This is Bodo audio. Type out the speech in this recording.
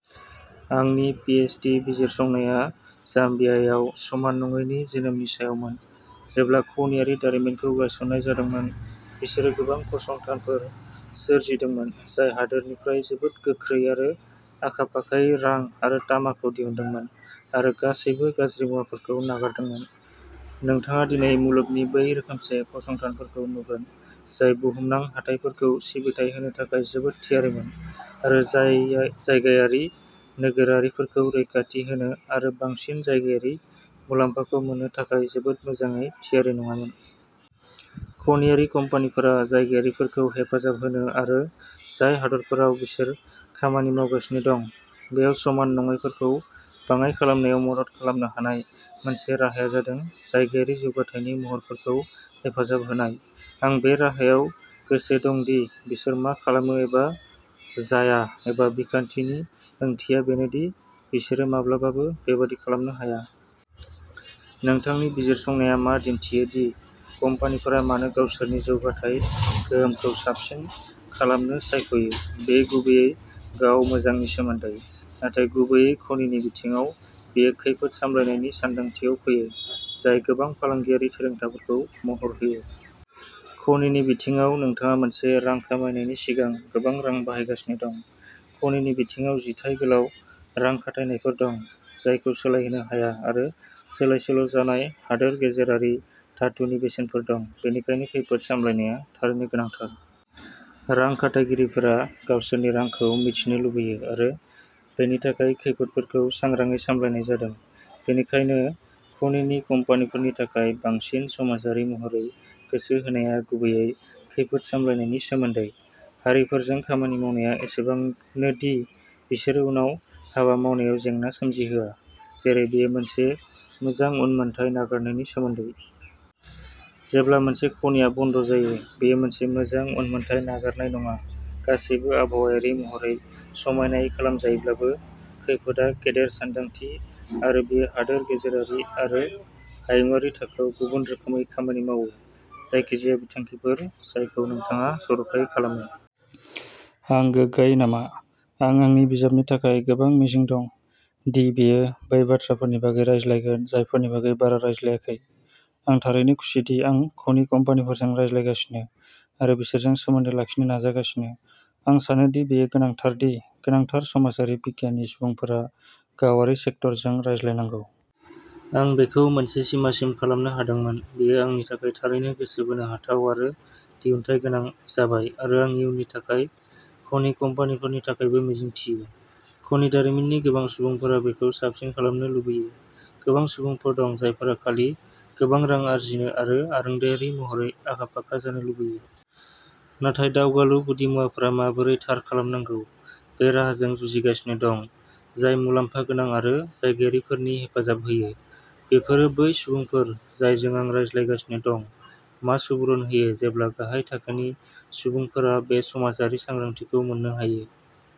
आंनि पिएचडि बिजिरसंनाया जाम्बियायाव समान नङैनि जोनोमनि सायावमोन। जेब्ला खनियारि दारिमिनखौ गायसन्नाय जादोंमोन, बिसोरो गोबां फसंथानफोर सोरजिदोंमोन जाय हादोरनिफ्राय जोबोद गोख्रै आरो आखा-फाखायै रां आरो तामाखौ दिहुनदोंमोन आरो गासैबो गाज्रि मुवाफोरखौ नागारदोंमोन। नोंथाङा दिनै मुलुगनि बै रोखोमसे फसंथानफोरखौ नुगोन, जाय बुहुमनां हाथाइफोरखौ सिबिथाइ होनो थाखाय जोबोद थियारिमोन आरो जायगायारि नोगोरारिफोरखौ रैखाथि होनो आरो बांसिन जायगायारि मुलाम्फाखौ मोननो थाखाय जोबोद मोजाङै थियारि नङामोन। खनियारि कम्पानिफोरा जायगायारिफोरखौ हेफाजाब होनो आरो जाय हादोरफोराव बिसोर खामानि मावगासिनो दं, बेयाव समान नङैफोरखौ बाङाइ खालामनायाव मदद खालामनो हानाय मोनसे राहाया जादों जायगायारि जौगाथायनि महरफोरखौ हेफाजाब होनाय। आं बे राहायाव गोसो दं दि बिसोर मा खालामो एबा जाया एबा बिखान्थिनि ओंथिया बेनो दि बिसोरो माब्लाबाबो बेबादि खालामनो हाया। नोंथांनि बिजिरसंनाया मा दिन्थियो दि कम्पानिफोरा मानो गावसोरनि जौगाथाय गोहोमखौ साबसिन खालामनो सायख'यो? बेयो गुबैयै गाव मोजांनि सोमोन्दै। नाथाय गुबैयै खनिनि बिथिङाव, बेयो खैफोद सामलायनायनि सानदांथियाव फैयो, जाय गोबां फालांगियारि थिरांथाफोरखौ महर होयो। खनिनि बिथिङाव, नोंथाङा मोनसे रां खामायनायनि सिगां गोबां रां बाहायगासिनो दं। खनिनि बिथिङाव जिथाय गोलाव रां खाथायनायफोर दं, जायखौ सोलायहोनो हाया आरो सोलायसोल' जानाय हादोर गेजेरारि धातुनि बेसेनफोर दं, बेनिखायनो खैफोद सामलायनाया थारैनो गोनांथार। रां खाथायगिरिफोरा गावसोरनि रांखौ मिथिनो लुबैयो आरो बेनि थाखाय खैफोदफोरखौ सांग्राङै सामलायनाय जादों। बेनिखायनो, खनिनि कम्पानिफोरनि थाखाय बांसिन समाजारि महरै गोसो होनाया गुबैयै खैफोद सामलायनायनि सोमोन्दै। हारिफोरजों खामानि मावनाया एसेबांनो दि बिसोरो उनाव हाबा मावनायाव जेंना सोमजिहोआ, जेरै बेयो मोनसे मोजां उनमोनथाइ नागारनायनि सोमोन्दै। जेब्ला मोनसे खनिआ बन्द जायो, बेयो मोनसे मोजां उनमोनथाइ नागारनाय नङा गासैबो आबहावायारि महरै समायनायै खालामजायोब्लाबो खैफोदआ गेदेर सानदांथि आरो बेयो हादोर गेजेरारि आरो हायुंआरि थाखोआव गुबुन रोखोमै खामानि मावो। जायखिजाया बिथांखिफोर जायखौ नोंथाङा जर'खायै खालामो। आं गोग्गायो नामा? आं आंनि बिजाबनि थाखाय गोबां मिजिं दं, दि बेयो बै बाथ्राफोरनि बागै रायज्लायगोन जायफोरनि बागै बारा रायज्लायाखै। आं थारैनो खुसिदि आं खनि कम्पानिफोरजों रायज्लायगासिनो आरो बिसोरजों सोमोन्दो लाखिनो नाजागासिनो। आं सानो दि बेयो गोनांथार दि गोनांथार समाजारि बिगियाननि सुबुंफोरा गावारि सेक्टरजों रायज्लायनांगौ। आं बेखौ मोनसे सिमासिम खालामनो हादोंमोन। बेयो आंनि थाखाय थारैनो गोसो बोनो हाथाव आरो दिहुनथायगोनां जाबाय आरो आं इयुननि थाखाय खनि कम्पानिफोरनि थाखायबो मिजिंथियो। खनि दारिमिननि गोबां सुबुंफोरा बेखौ साबसिन खालामनो लुबैयो। गोबां सुबुंफोर दं जायफोरा खालि गोबां रां आर्जिनो आरो आरोंदायारि महरै आखा-फाखा जानो लुबैयो। नाथाय दावगालु गुदिमुवाफोरा माबोरै थार खालामनांगौ, बे राहाजों जुजिगासिनो दं, जाय मुलाम्फा गोनां आरो जायगायारिफोरनि हेफाजाब होयो। बेफोरो बै सुबुंफोर जायजों आं रायज्लायगासिनो दं। मा सुबुरुन होयो जेब्ला गाहाय थाखोनि सुबुंफोरा बे समाजारि सांग्रांथिखौ मोननो हायो।